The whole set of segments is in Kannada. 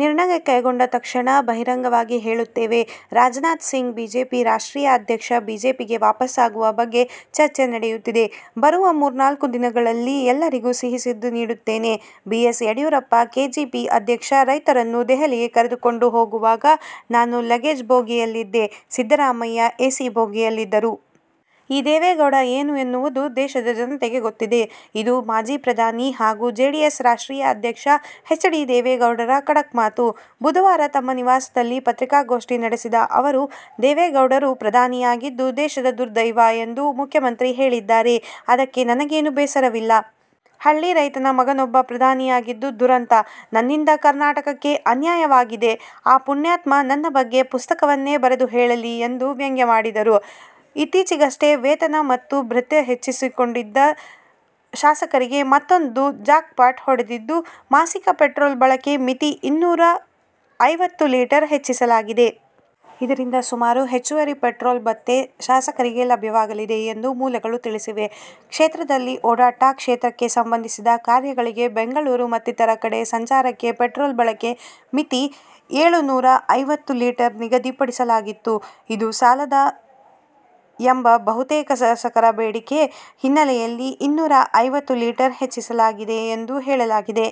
ನಿರ್ಣಯ ಕೈಗೊಂಡ ತಕ್ಷಣ ಬಹಿರಂಗವಾಗಿ ಹೇಳುತ್ತೇವೆ-ರಾಜನಾಥ್ ಸಿಂಗ್, ಬಿಜೆಪಿ ರಾಷ್ಟ್ರೀಯ ಅಧ್ಯಕ್ಷ ಬಿಜೆಪಿಗೆ ವಾಪಸಾಗುವ ಬಗ್ಗೆ ಚರ್ಚೆ ನಡೆಯುತ್ತಿದೆ. ಬರುವ ಮೂರ್ನಾಲ್ಕು ದಿನಗಳಲ್ಲಿ ಎಲ್ಲರಿಗೂ ಸಿಹಿ ಸುದ್ದಿ ನೀಡುತ್ತೇನೆ-ಬಿ. ಎಸ್. ಯಡಿಯೂರಪ್ಪ, ಕೆಜೆಪಿ ಅಧ್ಯಕ್ಷ ರೈತರನ್ನು ದೆಹಲಿಗೆ ಕರೆದುಕೊಂಡು ಹೋಗುವಾಗ ನಾನು ಲಗೇಜ್ ಬೋಗಿಯಲ್ಲಿದ್ದೆ, ಸಿದ್ದರಾಮಯ್ಯ ಎ ಸಿ ಬೋಗಿಯಲ್ಲಿದ್ದರು. ಈ ದೇವೇಗೌಡ ಏನು ಎನ್ನುವುದು ದೇಶದ ಜನತೆಗೆ ಗೊತ್ತಿದೆ. ಇದು ಮಾಜಿ ಪ್ರಧಾನಿ ಹಾಗೂ ಜೆಡಿಎಸ್ ರಾಷ್ಟ್ರೀಯ ಅಧ್ಯಕ್ಷ ಎಚ್. ಡಿ. ದೇವೇಗೌಡರ ಖಡಕ್ ಮಾತು. ಬುಧವಾರ ತಮ್ಮ ನಿವಾಸದಲ್ಲಿ ಪತ್ರಿಕಾಗೋಷ್ಠಿ ನಡೆಸಿದ ಅವರು, ದೇವೇಗೌಡರು ಪ್ರಧಾನಿಯಾಗಿದ್ದು ದೇಶದ ದುರ್ದೈವ ಎಂದು ಮುಖ್ಯಮಂತ್ರಿ ಹೇಳಿದ್ದಾರೆ, ಅದಕ್ಕೆ ನನಗೇನೂ ಬೇಸರವಿಲ್ಲ. ಹಳ್ಳಿ ರೈತನ ಮಗನೊಬ್ಬ ಪ್ರಧಾನಿಯಾಗಿದ್ದು ದುರಂತ. ನನ್ನಿಂದ ಕರ್ನಾಟಕಕ್ಕೆ ಅನ್ಯಾಯವಾಗಿದೆ. ಆ ಪುಣ್ಯಾತ್ಮ ನನ್ನ ಬಗ್ಗೆ ಪುಸ್ತಕವನ್ನೇ ಬರೆದು ಹೇಳಲಿ ಎಂದು ವ್ಯಂಗ್ಯವಾಡಿದರು. ಇತ್ತೀಚೆಗಷ್ಟೇ ವೇತನ ಮತ್ತು ಭತ್ಯೆ ಹೆಚ್ಚಿಸಿಕೊಂಡಿದ್ದ ಶಾಸಕರಿಗೆ ಮತ್ತೂಂದು ಜಾಕ್ಪಾಟ್' ಹೊಡೆದಿದ್ದು, ಮಾಸಿಕ ಪೆಟ್ರೋಲ್ ಬಳಕೆ ಮಿತಿ ಇನ್ನೂರ ಐವತ್ತು ಲೀಟರ್ ಹೆಚ್ಚಿಸಲಾಗಿದೆ. ಇದರಿಂದ ಸುಮಾರು ಹೆಚ್ಚುವರಿ ಪೆಟ್ರೋಲ್ ಭತ್ಯೆ ಶಾಸಕರಿಗೆ ಲಭ್ಯವಾಗಲಿದೆ ಎಂದು ಮೂಲಗಳು ತಿಳಿಸಿವೆ. ಕ್ಷೇತ್ರದಲ್ಲಿ ಓಡಾಟ, ಕ್ಷೇತ್ರಕ್ಕೆ ಸಂಬಂಧಿಸಿದ ಕಾರ್ಯಗಳಿಗೆ ಬೆಂಗಳೂರು ಮತ್ತಿತರ ಕಡೆ ಸಂಚಾರಕ್ಕೆ ಪೆಟ್ರೋಲ್ ಬಳಕೆ ಮಿತಿ ಏಳು ನೂರ ಐವತ್ತು ಲೀಟರ್ ನಿಗದಿ ಪಡಿಸಲಾಗಿತ್ತು. ಇದು ಸಾಲದ ಎಂಬ ಬಹುತೇಕ ಶಾಸಕರ ಬೇಡಿಕೆ ಹಿನ್ನೆಲೆಯಲ್ಲಿ ಇನ್ನೂರ ಐವತ್ತು ಲೀಟರ್ ಹೆಚ್ಚಿಸಲಾಗಿದೆ ಎಂದು ಹೇಳಲಾಗಿದೆ.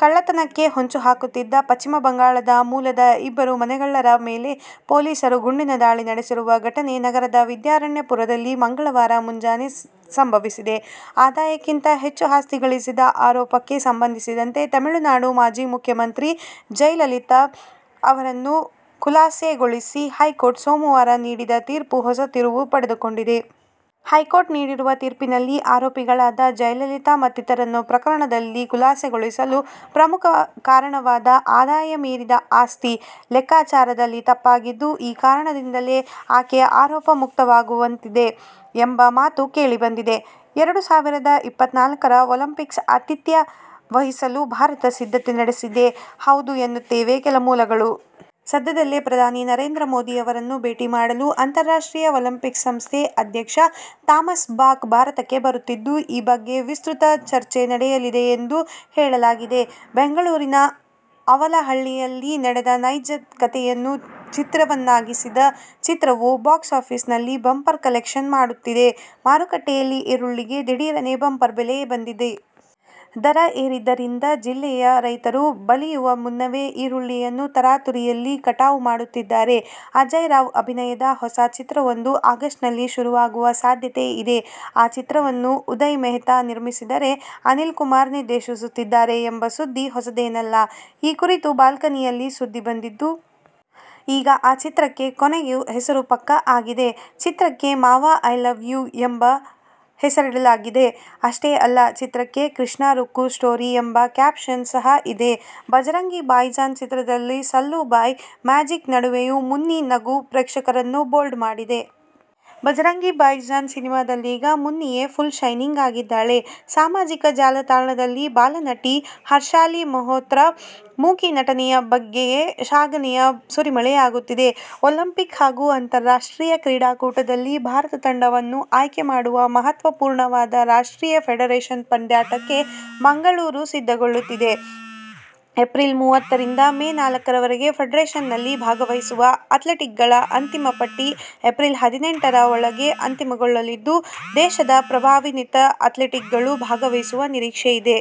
ಕಳ್ಳತನಕ್ಕೆ ಹೊಂಚುಹಾಕುತ್ತಿದ್ದ ಪಶ್ಚಿಮಬಂಗಾಳದ ಮೂಲದ ಇಬ್ಬರು ಮನೆಗಳ್ಳರ ಮೇಲೆ ಪೊಲೀಸರು ಗುಂಡಿನ ದಾಳಿ ನಡೆಸಿರುವ ಘಟನೆ ನಗರದ ವಿದ್ಯಾರಣ್ಯಪುರದಲ್ಲಿ ಮಂಗಳವಾರ ಮುಂಜಾನೆ ಸಂಭವಿಸಿದೆ. ಆದಾಯಕ್ಕಿಂತ ಹೆಚ್ಚು ಆಸ್ತಿ ಗಳಿಸಿದ ಆರೋಪಕ್ಕೆ ಸಂಬಂಧಿಸಿದಂತೆ ತಮಿಳುನಾಡು ಮಾಜಿ ಮುಖ್ಯಮಂತ್ರಿ ಜೆ. ಜಯಲಲಿತಾ ಅವರನ್ನು ಖುಲಾಸೆಗೊಳಿಸಿ ಹೈಕೋರ್ಟ್ ಸೋಮವಾರ ನೀಡಿದ ತೀರ್ಪು ಹೊಸ ತಿರುವು ಪಡೆದುಕೊಂಡಿದೆ. ಹೈಕೋರ್ಟ್ ನೀಡಿರುವ ತೀರ್ಪಿನಲ್ಲಿ ಆರೋಪಿಗಳಾಗಿದ್ದ ಜಯಲಲಿತಾ ಮತ್ತಿತರರನ್ನು ಪ್ರಕರಣದಲ್ಲಿ ಖುಲಾಸೆಗೊಳಿಸಲು ಪ್ರಮುಖ ಕಾರಣವಾದ ಆದಾಯ ಮೀರಿದ ಆಸ್ತಿ ಲೆಕ್ಕಾಚಾರದಲ್ಲಿ ತಪ್ಪಾಗಿದ್ದು, ಈ ಕಾರಣದಿಂದಾಗಿಯೇ ಆಕೆ ಆರೋಪ ಮುಕ್ತವಾಗುವಂತಾಗಿದೆ ಎಂಬ ಮಾತು ಕೇಳಿಬಂದಿದೆ. ಎರಡು ಸಾವಿರದ ಇಪ್ಪತ್ನಾಲ್ಕರ ಒಲಿಂಪಿಕ್ಸ್ ಆತಿಥ್ಯ ವಹಿಸಲು ಭಾರತ ಸಿದ್ಧತೆ ನಡೆಸಿದೆಯೇ ಹೌದು ಎನ್ನುತ್ತವೆ ಕೆಲ ಮೂಲಗಳು. ಸದ್ಯದಲ್ಲೇ ಪ್ರಧಾನಿ ನರೇಂದ್ರ ಮೋದಿ ಅವರನ್ನು ಭೇಟಿ ಮಾಡಲು ಅಂತಾರಾಷ್ಟ್ರೀಯ ಒಲಿಂಪಿಕ್ಸ್ ಸಂಸ್ಥೆ ಅಧ್ಯಕ್ಷ ಥಾಮಸ್ ಬಾಕ್ ಭಾರತಕ್ಕೆ ಬರುತ್ತಿದ್ದು, ಈ ಬಗ್ಗೆ ವಿಸ್ತೃತ ಚರ್ಚೆ ನಡೆಯಲಿದೆಯೆಂದು ಹೇಳಲಾಗಿದೆ. ಬೆಂಗಳೂರಿನ ಅವಲಹಳ್ಳಿಯಲ್ಲಿ ನಡೆದ ನೈಜ ಕಥೆಯನ್ನು ಚಿತ್ರವನ್ನಾಗಿಸಿದ ಚಿತ್ರವು ಬಾಕ್ಸಾಫೀಸ್'ನಲ್ಲಿ ಬಂಪರ್ ಕಲೆಕ್ಷನ್ ಮಾಡುತ್ತಿದೆ. ಮಾರುಕಟ್ಟೆಯಲ್ಲಿ ಈರುಳ್ಳಿಗೆ ದಿಢೀರನೇ ಬಂಪರ್ ಬೆಲೆ ಬಂದಿದೆ. ದರ ಏರಿದ್ದರಿಂದ ಜಿಲ್ಲೆಯ ರೈತರು ಬಲಿಯುವ ಮುನ್ನವೇ ಈರುಳ್ಳಿಯನ್ನು ತರಾತುರಿಯಲ್ಲಿ ಕಟಾವು ಮಾಡುತ್ತಿದ್ದಾರೆ. ಅಜೇಯ್ ರಾವ್ ಅಭಿನಯದ ಹೊಸ ಚಿತ್ರವೊಂದು ಆಗಸ್ಟ್ನಲ್ಲಿ ಶುರುವಾಗುವ ಸಾಧ್ಯತೆ ಇದೆ, ಆ ಚಿತ್ರವನ್ನು ಉದಯ್ ಮೆಹ್ತಾ ನಿರ್ಮಿಸಿದರೆ, ಅನಿಲ್ ಕುಮಾರ್ ನಿರ್ದೇಶಿಸುತ್ತಿದ್ದಾರೆ ಎಂಬ ಸುದ್ದಿ ಹೊಸದೇನಲ್ಲ. ಈ ಕುರಿತು ಬಾಲ್ಕನಿಯಲ್ಲಿ ಸುದ್ದಿ ಬಂದಿತ್ತು. ಈಗ ಆ ಚಿತ್ರಕ್ಕೆ ಕೊನೆಗೂ ಹೆಸರು ಪಕ್ಕಾ ಆಗಿದೆ. ಚಿತ್ರಕ್ಕೆ ಮಾವ ಐ ಲವ್ ಯು ಎಂದು ಹೆಸರಿಡಲಾಗಿದೆ. ಅಷ್ಟೇ ಅಲ್ಲ, ಚಿತ್ರಕ್ಕೆ ಕೃಷ್ಣ-ರುಕ್ಕು ಸ್ಟೋರಿ ಎಂಬ ಕ್ಯಾಪ್ಶನ್ ಸಹ ಇದೆ. ಭಜರಂಗಿ ಭಾಯಿಜಾನ್ ಚಿತ್ರದಲ್ಲಿ ಸಲ್ಲೂ ಭಾಯ್ ಮ್ಯಾಜಿಕ್ ನಡುವೆಯೂ ಮುನ್ನಿ ನಗು ಪ್ರೇಕ್ಷಕರನ್ನು ಬೋಲ್ಡ್ ಮಾಡಿದೆ. ಭಜರಂಗಿ ಭಾಯಿಜಾನ್ ಸಿನಿಮಾದಲ್ಲೀಗ ಮುನ್ನಿಯೇ ಫುಲ್ ಶೈನಿಂಗ್ ಆಗಿದ್ದಾಳೆ. ಸಾಮಾಜಿಕ ಜಾಲತಾಣದಲ್ಲಿ ಬಾಲನಟಿ ಹರ್ಷಾಲಿ ಮಲ್ಹೋತ್ರಾ ಮೂಕಿ ನಟನೆಯ ಬಗ್ಗೆಯೇ ಶ್ಲಾಘನೆಯ ಸುರಿಮಳೆಯಾಗುತ್ತಿದೆ. ಒಲಿಂಪಿಕ್ ಹಾಗೂ ಅಂತಾರಾಷ್ಟ್ರೀಯ ಕ್ರೀಡಾಕೂಟದಲ್ಲಿ ಭಾರತದ ತಂಡವನ್ನು ಆಯ್ಕೆ ಮಾಡುವ ಮಹತ್ವಪೂರ್ಣವಾದ ರಾಷ್ಟ್ರೀಯ ಫೆಡರೇಶನ್ ಪಂದ್ಯಾಟಕ್ಕೆ ಮಂಗಳೂರು ಸಿದ್ದಗೊಳ್ಳುತ್ತಿದೆ. ಏಪ್ರಿಲ್ ಮೂವತ್ತರಿಂದ ಮೇ ನಾಲ್ಕರ ವರೆಗೆ ಫೆಡರೇಶನ್ನಲ್ಲಿ ಭಾಗವಹಿಸುವ ಆ್ಯತ್ಲೀಟ್ಗಳ ಅಂತಿಮ ಪಟ್ಟಿ ಏಪ್ರಿಲ್ ಹದಿನೆಂಟರ ಒಳಗೆ ಅಂತಿಮಗೊಳ್ಳಲಿದ್ದು, ದೇಶದ ಪ್ರತಿಭಾನ್ವಿತ ಆ್ಯತ್ಲೀಟ್ಗಳು ಭಾಗವಹಿಸುವ ನಿರೀಕ್ಷೆ ಇದೆ.